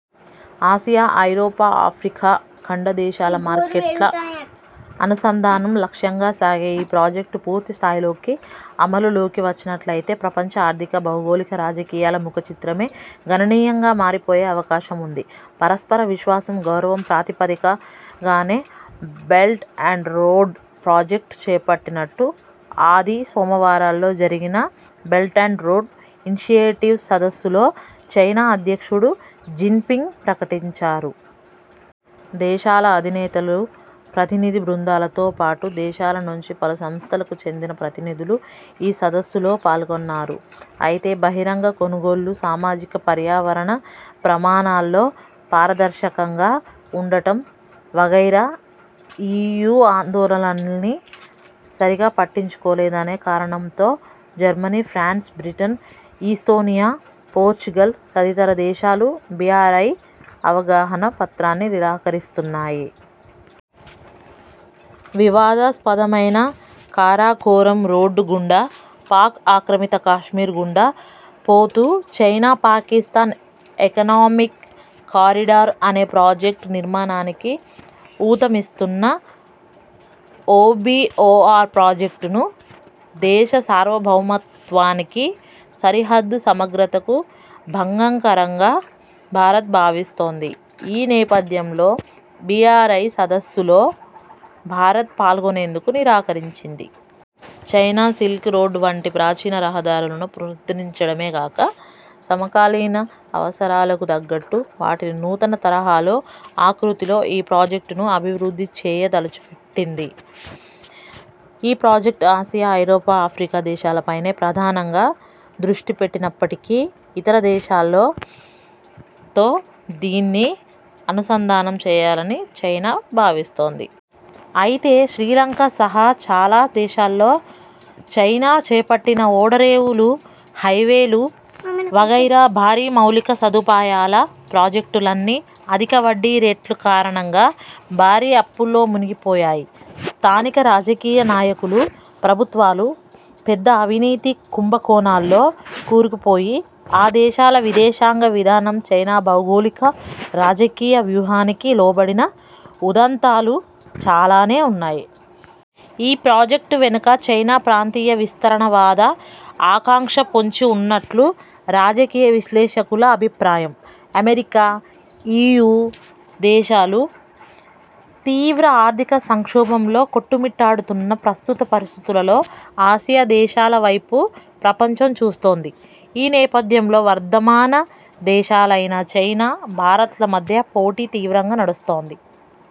Asia, ఐరోపా, Africa ఖండ దేశాల మార్కె్ట్ల అనుసంధానం లక్ష్యంగా సాగే ఈ ప్రాజెక్టు పూర్తి స్థాయిలోకి అమలులోకి వచ్చినట్లయితే ప్రపంచ ఆర్థిక, భౌగోళిక రాజకీయాల ముఖచిత్రమే గణనీయంగా మారిపోయే అవకాశం ఉంది. పరస్పర విశ్వాసం, గౌరవం ప్రాతిపదిక గానే బెల్ట్ అండ్ రోడ్ ప్రాజెక్టు చేపట్టినట్టు ఆది, సోమవారాల్లో జరిగిన బెల్ట్ అండ్ రోడ్ ఇన్షియేటివ్ సదస్సులో చైనా అధ్యక్షుడు జిన్పింగ్ ప్రకటించారు. దేశాల అధినేతలు, ప్రతినిధి బృందాలతో పాటు, దేశాల నుంచి పలు సంస్థలకు చెందిన ప్రతినిధులు ఈ సదస్సులో పాల్గొన్నారు. అయితే బహిరంగ కొనుగోళ్ళు, సామాజిక, పర్యావరణ ప్రమాణాల్లో పారదర్శకంగా ఉండటం వగైరా ఈయూ ఆందోళనల్ని సరిగా పట్టించుకోలేదనే కారణంతో Germany, France, Britain, Estonia, Portugal తదితర దేశాలు బీఆర్ఐ అవగాహన పత్రాన్ని నిరాకరిస్తు న్నాయి. వివాదాస్పదమైన కారాకోరమ్ రోడ్డు గుండా, పాక్ ఆక్రమిత కశ్మీర్ గుండా పోతూ చైనా పాకిస్థాన్ ఎకానమిక్ కారిడార్ అనే ప్రాజెక్టు నిర్మాణానికి ఊతమిస్తున్న ఓబీఓఆర్ ప్రాజెక్టును దేశ సార్వభౌమత్వానికి, సరిహద్దు సమగ్రతకు భంగకరంగా భారత్ భావిస్తోంది. ఈ నేపథ్యంలో బీఆర్ఐ సదస్సులో భారత్ పాల్గొనేందుకు నిరాకరించింది. చైనా సిల్క్ రోడ్డు వంటి ప్రాచీన రహదారులను పునరుద్ధించడమే కాక, సమకాలీన అవసరాలకు తగ్గట్టు వాటిని నూతన తరహాలో, ఆకృతిలో ఈ ప్రాజెక్టును అభివృద్ధి చేయ తలపెట్టింది. ఈ ప్రాజెక్టు ఆసియా, ఐరోపా, ఆఫ్రికా దేశాలపైనే ప్రధానంగా దృష్టి పెట్టినప్పటికీ ఇతర దేశాలతో దీన్ని అనుసంధానం చేయాలని చైనా భావిస్తోంది. అయితే శ్రీలంక సహా చాలా దేశాల్లో చైనా చేపట్టిన ఓడరేవులు, హైవేలు వగైరా భారీ మౌలిక సదుపాయాల ప్రాజెక్టులన్నీ అధిక వడ్డీ రేట్లు కారణంగా భారీ అప్పుల్లో మునిగిపోయాయి. స్థానిక రాజకీయ నాయకులు, ప్రభుత్వాలు పెద్ద అవినీతి కుంభకోణాల్లో కూరుకుపోయి, ఆ దేశాల విదేశాంగ విధానం చైనా భౌగోళిక రాజకీయ వ్యూహానికి లోబడిన ఉదంతాలు చాలానే ఉన్నాయి. ఈ ప్రాజెక్టు వెనుక చైనా ప్రాంతీయ విస్తరణవాద ఆకాంక్ష పొంచి ఉన్నట్లు రాజకీయ విశ్లేషకుల అభిప్రాయం. అమెరికా, ఈయూ దేశాలు తీవ్ర ఆర్థిక సంక్షోభంలో కొట్టుమిట్టాడుతున్న ప్రస్తుత పరిస్థితులలో ఆసియా దేశాల వైపు ప్రపంచం చూస్తోంది. ఈ నేపథ్యంలో వర్ధమాన దేశాలైన చైనా, భారత్ల మధ్య పోటీ తీవ్రంగా నడుస్తోంది.